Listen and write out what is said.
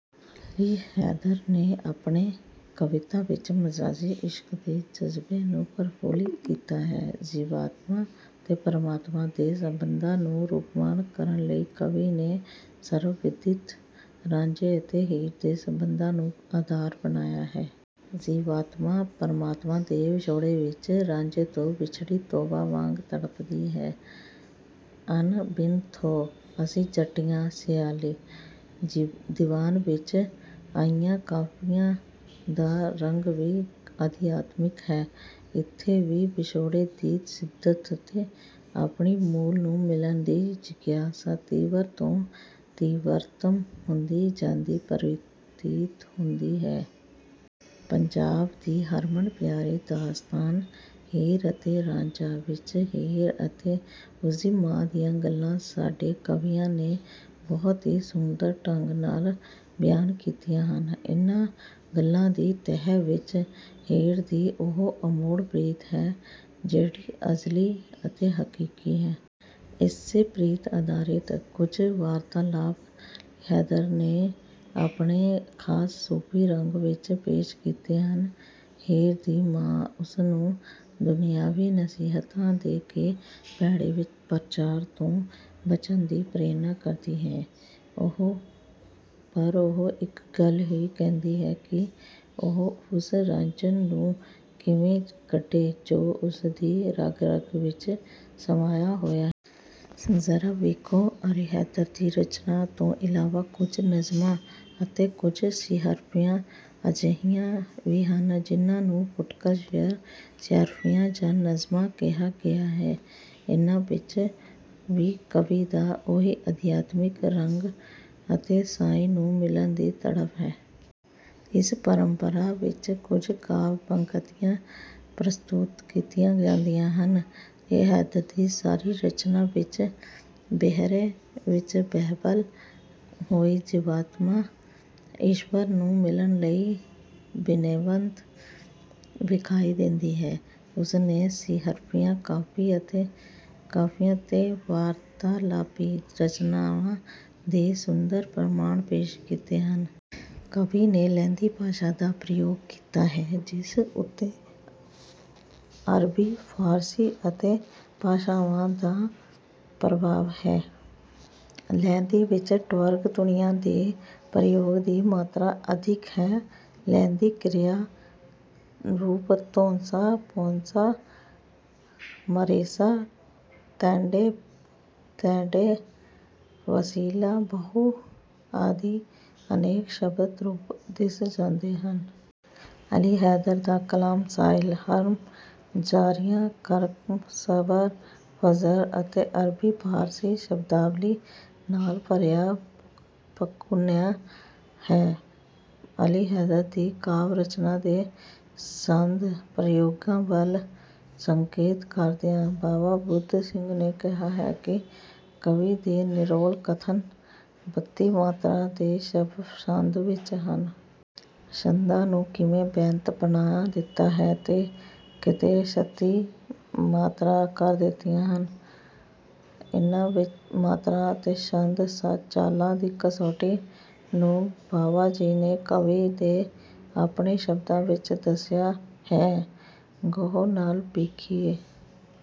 ਅਲੀ ਹੈਦਰ ਨੇ ਆਪਣੀ ਕਵਿਤਾ ਵਿੱਚ ਮਜਾਜ਼ੀ ਇਸ਼ਕ ਦੇ ਜਜ਼ਬੇ ਨੂੰ ਪ੍ਰਫੁੱਲਿਤ ਕੀਤਾ ਹੈ। ਜੀਵਾਤਮਾ ਅਤੇ ਪਰਮਾਤਮਾ ਦੇ ਸੰਬੰਧਾਂ ਨੂੰ ਰੂਪਮਾਨ ਕਰਨ ਲਈ ਕਵੀ ਨੇ ਸਰਵ-ਵਿਦਿਤ ਰਾਂਝੇ ਅਤੇ ਹੀਰ ਦੇ ਸੰਬੰਧਾਂ ਨੂੰ ਆਧਾਰ ਬਣਾਇਆ ਹੈ। ਜੀਵਾਤਮਾ ਪਰਮਾਤਮਾ ਦੇ ਵਿਛੋੜੇ ਵਿੱਚ ਰਾਂਝੇ ਤੋਂ ਵਿਛੜੀ ਤੋਬਾ ਵਾਂਗ ਤੜਪਦੀ ਹੈ। "ਅਨ ਬਿਨ ਥੋਂ ਅਸੀਂ ਜੱਟੀਆਂ ਸਿਆਲੀਂ।" ਦੀਵਾਨ ਵਿੱਚ ਆਈਆਂ ਕਾਫ਼ੀਆਂ ਦਾ ਰੰਗ ਵੀ ਅਧਿਆਤਮਿਕ ਹੈ। ਇੱਥੇ ਵੀ ਵਿਛੋੜੇ ਦੀ ਸ਼ਿੱਦਤ ਅਤੇ ਆਪਣੇ ਮੂਲ ਨੂੰ ਮਿਲਣ ਦੀ ਜਿਗਿਆਸਾ ਤੀਵਰ ਤੋਂ ਤੀਵਰਤਮ ਹੁੰਦੀ ਜਾਂਦੀ ਪ੍ਰਤੀਤ ਹੁੰਦੀ ਹੈ। ਪੰਜਾਬ ਦੀ ਹਰਮਨ ਪਿਆਰੀ ਦਾਸਤਾਨ 'ਹੀਰ ਅਤੇ ਰਾਂਝਾ' ਵਿੱਚ ਹੀਰ ਅਤੇ ਉਸ ਦੀ ਮਾਂ ਦੀਆਂ ਗੱਲਾਂ ਸਾਡੇ ਕਵੀਆਂ ਨੇ ਬਹੁਤ ਹੀ ਸੁੰਦਰ ਢੰਗ ਨਾਲ ਬਿਆਨ ਕੀਤੀਆਂ ਹਨ। ਇਨ੍ਹਾਂ ਗੱਲਾਂ ਦੀ ਤਹਿ ਵਿੱਚ ਹੀਰ ਦੀ ਉਹ ਅਮੋੜ ਪ੍ਰੀਤ ਹੈ ਜਿਹੜੀ ਅਜ਼ਲੀ ਅਤੇ ਹਕੀਕੀ ਹੈ। ਇਸੇ ਪ੍ਰੀਤ ਆਧਾਰਿਤ ਕੁਝ ਵਾਰਤਾਲਾਪ ਅਲੀ ਹੈਦਰ ਨੇ ਆਪਣੇ ਖਾਸ ਸੂਫ਼ੀ ਰੰਗ ਵਿੱਚ ਪੇਸ਼ ਕੀਤੇ ਹਨ। ਹੀਰ ਦੀ ਮਾਂ ਉਸ ਨੂੰ ਦੁਨਿਆਵੀ ਨਸੀਹਤਾਂ ਦੇ ਕੇ ਭੈੜੇ ਪ੍ਰਚਾਰ ਤੋਂ ਬਚਣ ਦੀ ਪ੍ਰੇਰਨਾ ਕਰਦੀ ਹੈ ਪਰ ਉਹ ਇੱਕੋ ਹੀ ਗੱਲ ਕਹਿੰਦੀ ਹੈ ਕਿ ਉਹ ਉਸ ਰਾਂਝਣ ਨੂੰ ਕਿਵੇਂ ਕੱਢੇ ਜੋ ਉਸ ਦੀ ਰਗ-ਰਗ ਵਿੱਚ ਸਮਾਇਆ ਹੋਇਆ ਹੈ। ਜ਼ਰਾ ਵੇਖੋ ਅਲੀ ਹੈਦਰ ਦੀ ਰਚਨਾ ਤੋਂ ਇਲਾਵਾ ਕੁਝ ਨਜ਼ਮਾਂ ਅਤੇ ਕੁਝ ਸੀਹਰਫੀਆਂ ਅਜਿਹੀਆਂ ਵੀ ਹਨ ਜਿਨ੍ਹਾਂ ਨੂੰ ਫੁਟਕਲ ਸ਼ੇਅਰ, ਸੀਹਰਫੀਆਂ ਜਾਂ ਨਜ਼ਮਾਂ ਕਿਹਾ ਗਿਆ ਹੈ। ਇਨ੍ਹਾਂ ਵਿੱਚ ਵੀ ਕਵੀ ਦਾ ਉਹੀ ਅਧਿਆਤਮਿਕ ਰੰਗ ਅਤੇ ਸਾਈਂ ਨੂੰ ਮਿਲਣ ਦੀ ਤੜਪ ਹੈ। ਇਸ ਪਰੰਪਰਾ ਵਿੱਚ ਕੁਝ ਕਾਵਿ-ਪੰਕਤੀਆਂ ਪ੍ਰਸਤੁਤ ਕੀਤੀਆਂ ਜਾਂਦੀਆਂ ਹਨ। ਅਲੀ ਹੈਦਰ ਦੀ ਸਾਰੀ ਰਚਨਾ ਵਿੱਚ ਬਿਹਰੇ ਵਿੱਚ ਬਿਹਬਲ ਹੋਈ ਜੀਵਾਤਮਾ ਈਸ਼ਵਰ ਨੂੰ ਮਿਲਣ ਲਈ ਬਿਨੈਵੰਤ ਵਿਖਾਈ ਦਿੰਦੀ ਹੈ। ਉਸਨੇ ਸੀਹਰਫੀਆਂ, ਕਾਫ਼ੀਆਂ ਅਤੇ ਵਾਰਤਾਲਾਪੀ ਰਚਨਾਵਾਂ ਦੇ ਸੁੰਦਰ ਪ੍ਰਮਾਣ ਪੇਸ਼ ਕੀਤੇ ਹਨ। ਕਵੀ ਨੇ ਲਹਿੰਦੀ ਭਾਸ਼ਾ ਦਾ ਪ੍ਰਯੋਗ ਕੀਤਾ ਹੈ ਜਿਸ ਉੱਤੇ ਅਰਬੀ, ਫਾਰਸੀ ਆਦਿ ਭਾਸ਼ਾਵਾਂ ਦਾ ਪ੍ਰਭਾਵ ਹੈ। ਲਹਿੰਦੀ ਵਿੱਚ ਟਵਰਗ ਧੁਨੀਆਂ ਦੇ ਪ੍ਰਯੋਗ ਦੀ ਮਾਤਰਾ ਅਧਿਕ ਹੈ। ਲਹਿੰਦੀ ਕ੍ਰਿਆ ਰੂਪ ਧੋਸਾਂ, ਪੌਸਾਂ, ਮਰੇਸਾਂ, ਤੈਂਡੇ, ਤੈਡੇ, ਵਸੀਲਾ, ਬਹੁ, ਆਦਿ ਅਨੇਕ ਸ਼ਬਦ ਰੂਪ ਦਿਸ ਜਾਂਦੇ ਹਨ। ਅਲੀ ਹੈਦਰ ਦਾ ਕਲਾਮ ਸਾਇਲ, ਹਰਮ, ਜ਼ਾਰੀਆਂ, ਕਰਮ, ਸਬਰ, ਫ਼ਜਰ ਆਦਿ ਅਰਬੀ ਫਾਰਸੀ ਸ਼ਬਦਾਵਲੀ ਨਾਲ ਭਰਿਆ ਭਕੁੰਨਿਆ ਹੈ। ਅਲੀ ਹੈਦਰ ਦੀ ਕਾਵਿ-ਰਚਨਾ ਦੇ ਛੰਦ ਪ੍ਰਯੋਗਾਂ ਵੱਲ ਸੰਕੇਤ ਕਰਦਿਆਂ ਬਾਵਾ ਬੁੱਧ ਸਿੰਘ ਨੇ ਕਿਹਾ ਹੈ ਕਿ ਕਵੀ ਦੇ ਨਿਰੋਲ ਕਥਨ ਬੱਤੀ 'ਮਾਤਰਾ' ਦੇ ਛੰਦ ਵਿੱਚ ਹਨ। ਛੰਦਾਂ ਨੂੰ ਕਿਤੇ ਬੈਂਤ ਬਣਾ ਦਿੱਤਾ ਹੈ ਤੇ ਕਿਤੇ ਛੱਤੀ ਮਾਤਰਾ ਕਰ ਦਿੱਤੀਆਂ। ਇਨ੍ਹਾਂ ਮਾਤਰਾ ਅਤੇ ਛੰਦ ਚਾਲਾਂ ਦੀ ਕਸੌਟੀ ਨੂੰ ਬਾਵਾ ਜੀ ਨੇ ਕਵੀ ਦੇ ਆਪਣੇ ਸ਼ਬਦਾਂ ਵਿੱਚ ਦੱਸਿਆ ਹੈ। ਗਹੁ ਨਾਲ ਵੇਖੀਏ।